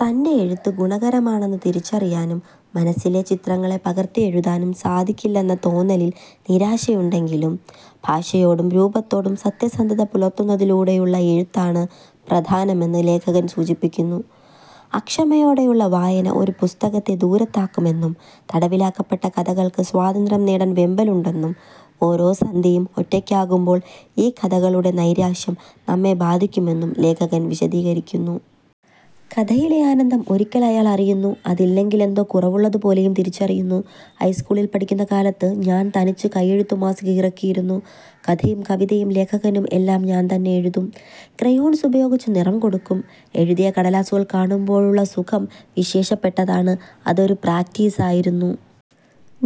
തൻ്റെ എഴുത്ത് ഗുണകരമാണെന്ന് തിരിച്ചറിയാനും, മനസ്സിലെ ചിത്രങ്ങളെ പകർത്തിയെഴുതാനും സാധിക്കില്ലെന്ന തോന്നലിൽ നിരാശയുണ്ടായെങ്കിലും, ഭാഷയോടും രൂപത്തോടും സത്യസന്ധത പുലർത്തുന്നതിലൂടെയുള്ള എഴുത്താണ് പ്രധാനമെന്ന് ലേഖകൻ സൂചിപ്പിക്കുന്നു. അക്ഷമയോടെയുള്ള വായന ഒരു പുസ്തകത്തെ ദൂരത്താക്കുമെന്നും, തടവിലാക്കപ്പെട്ട കഥകൾക്ക് സ്വാതന്ത്ര്യം നേടാൻ വെമ്പലുണ്ടെന്നും, ഓരോ സന്ധ്യയും ഒറ്റയ്ക്കാകുമ്പോൾ ഈ കഥകളുടെ നൈരാശ്യം നമ്മെ ബാധിക്കുമെന്നും ലേഖകൻ വിശദീകരിക്കുന്നു. കലയിലെ ആനന്ദം ഒരിക്കൽ അയാൾ അറിയുന്നു, അതില്ലെങ്കിൽ എന്തോ കുറവുള്ളതുപോലെയും തിരിച്ചറിയുന്നു. ഹൈസ്കൂളിൽ പഠിക്കുന്ന കാലത്ത് ഞാൻ തനിച്ച് കയ്യെഴുത്തുമാസിക ഇറക്കിയിരുന്നു. കഥയും കവിതയും ലേഖനവും എല്ലാം ഞാൻത്തന്നെ എഴുതും. ക്രയോൺസ് ഉപയോഗിച്ചു നിറം കൊടുക്കും. എഴുതിയ കടലാസുകൾ കാണുമ്പോഴുള്ള സുഖം വിശേഷപ്പെട്ടതാണ്. അതൊരു പ്രാക്ടീസ് ആയിരുന്നു.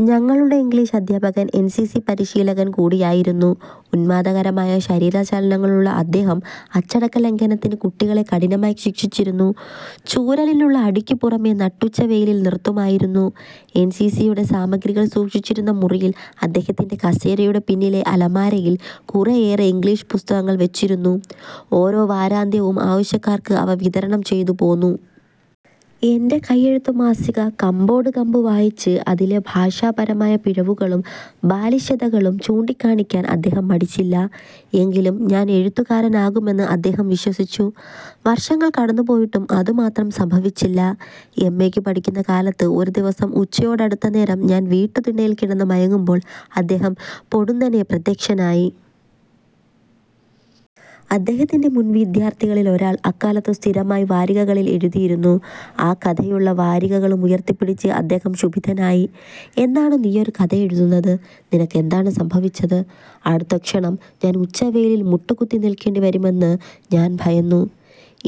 ഞങ്ങളുടെ ഇംഗ്ലിഷ് അധ്യാപകൻ എൻസിസി പരിശീലകൻ കൂടിയായിരുന്നു. ഉന്മാദകരമായ ശരീരചലനങ്ങളുള്ള അദ്ദേഹം അച്ചടക്കലംഘനത്തിന് കുട്ടികളെ കഠിനമായി ശിക്ഷിച്ചിരുന്നു. ചൂരലിനുള്ള അടിക്കു പുറമേ നട്ടുച്ചവെയിലിൽ നിർത്തുമായിരുന്നു. എൻസിസിയുടെ സാമഗ്രികൾ സൂക്ഷിച്ചിരുന്ന മുറിയിൽ, അദ്ദേഹത്തിന്റെ കസേരയുടെ പിന്നിലെ അലമാരയിൽ കുറെയേറെ ഇംഗ്ലിഷ് പുസ്തകങ്ങൾ വച്ചിരുന്നു. ഓരോ വാരാന്ത്യവും ആവശ്യക്കാർക്ക് അവ വിതരണം ചെയ്തുപോന്നു. എന്റെ കയ്യെഴുത്തുമാസിക കമ്പോടുകമ്പ് വായിച്ച് അതിലെ ഭാഷാപരമായ പിഴവുകളും ബാലിശതകളും ചൂണ്ടിക്കാണിക്കാൻ അദ്ദേഹം മടിച്ചില്ല. എങ്കിലും ഞാൻ എഴുത്തുകാരനാകുമെന്ന് അദ്ദേഹം വിശ്വസിച്ചു. വർഷങ്ങൾ കടന്നുപോയിട്ടും അതുമാത്രം സംഭവിച്ചില്ല. എംഎയ്ക്കു പഠിക്കുന്ന കാലത്ത് ഒരു ദിവസം ഉച്ചയോടടുത്തനേരം ഞാൻ വീട്ടുതിണ്ണയിൽ കിടന്ന് മയങ്ങുമ്പോൾ, അദ്ദേഹം പൊടുന്നനെ പ്രത്യക്ഷനായി. അദ്ദേഹത്തിന്റെ മുൻവിദ്യാർഥികളിലൊരാൾ അക്കാലത്തു സ്ഥിരമായി വാരികകളിൽ എഴുതിയിരുന്നു. ആ കഥയുള്ള വാരികയും ഉയർത്തിപ്പിടിച്ച് അദ്ദേഹം ക്ഷുഭിതനായി, 'എന്നാണു നീയൊരു കഥ എഴുതുന്നത്? നിനക്കെന്താണു സംഭവിച്ചത്? ' അടുത്ത ക്ഷണം ഞാൻ ഉച്ചവെയിലിൽ മുട്ടുകുത്തി നിൽക്കേണ്ടി വരുമെന്ന് ഞാൻ ഭയന്നു.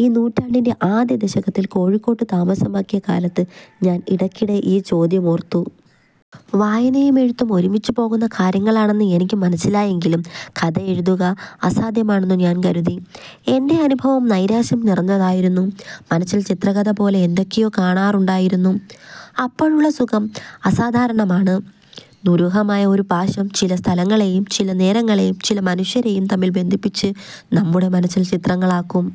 ഈ നൂറ്റാണ്ടിന്റെ ആദ്യ ദശകത്തിൽ കോഴിക്കോട്ടു താമസമാക്കിയ കാലത്ത് ഞാൻ ഇടയ്ക്കിടെ ഈ ചോദ്യമോർത്തു. വായനയും എഴുത്തും ഒരുമിച്ചു പോകുന്ന കാര്യങ്ങളാണെന്ന് എനിക്ക് മനസ്സിലായെങ്കിലും കഥ എഴുതുക അസാധ്യമാണെന്നു ഞാൻ കരുതി. എന്റെ അനുഭവം നൈരാശ്യം നിറഞ്ഞതായിരുന്നു. മനസ്സിൽ ചിത്രകഥ പോലെ എന്തൊക്കെയൊ കാണാറുണ്ടായിരുന്നു. അപ്പോഴുള്ള സുഖം അസാധാരണമാണ്. ദുരൂഹമായ ഒരുപാശം ചില സ്ഥലങ്ങളെയും ചില നേരങ്ങളെയും ചില മനുഷ്യരെയും തമ്മിൽ ബന്ധിപ്പിച്ചു നമ്മുടെ മനസ്സിൽ ചിത്രങ്ങളാക്കും.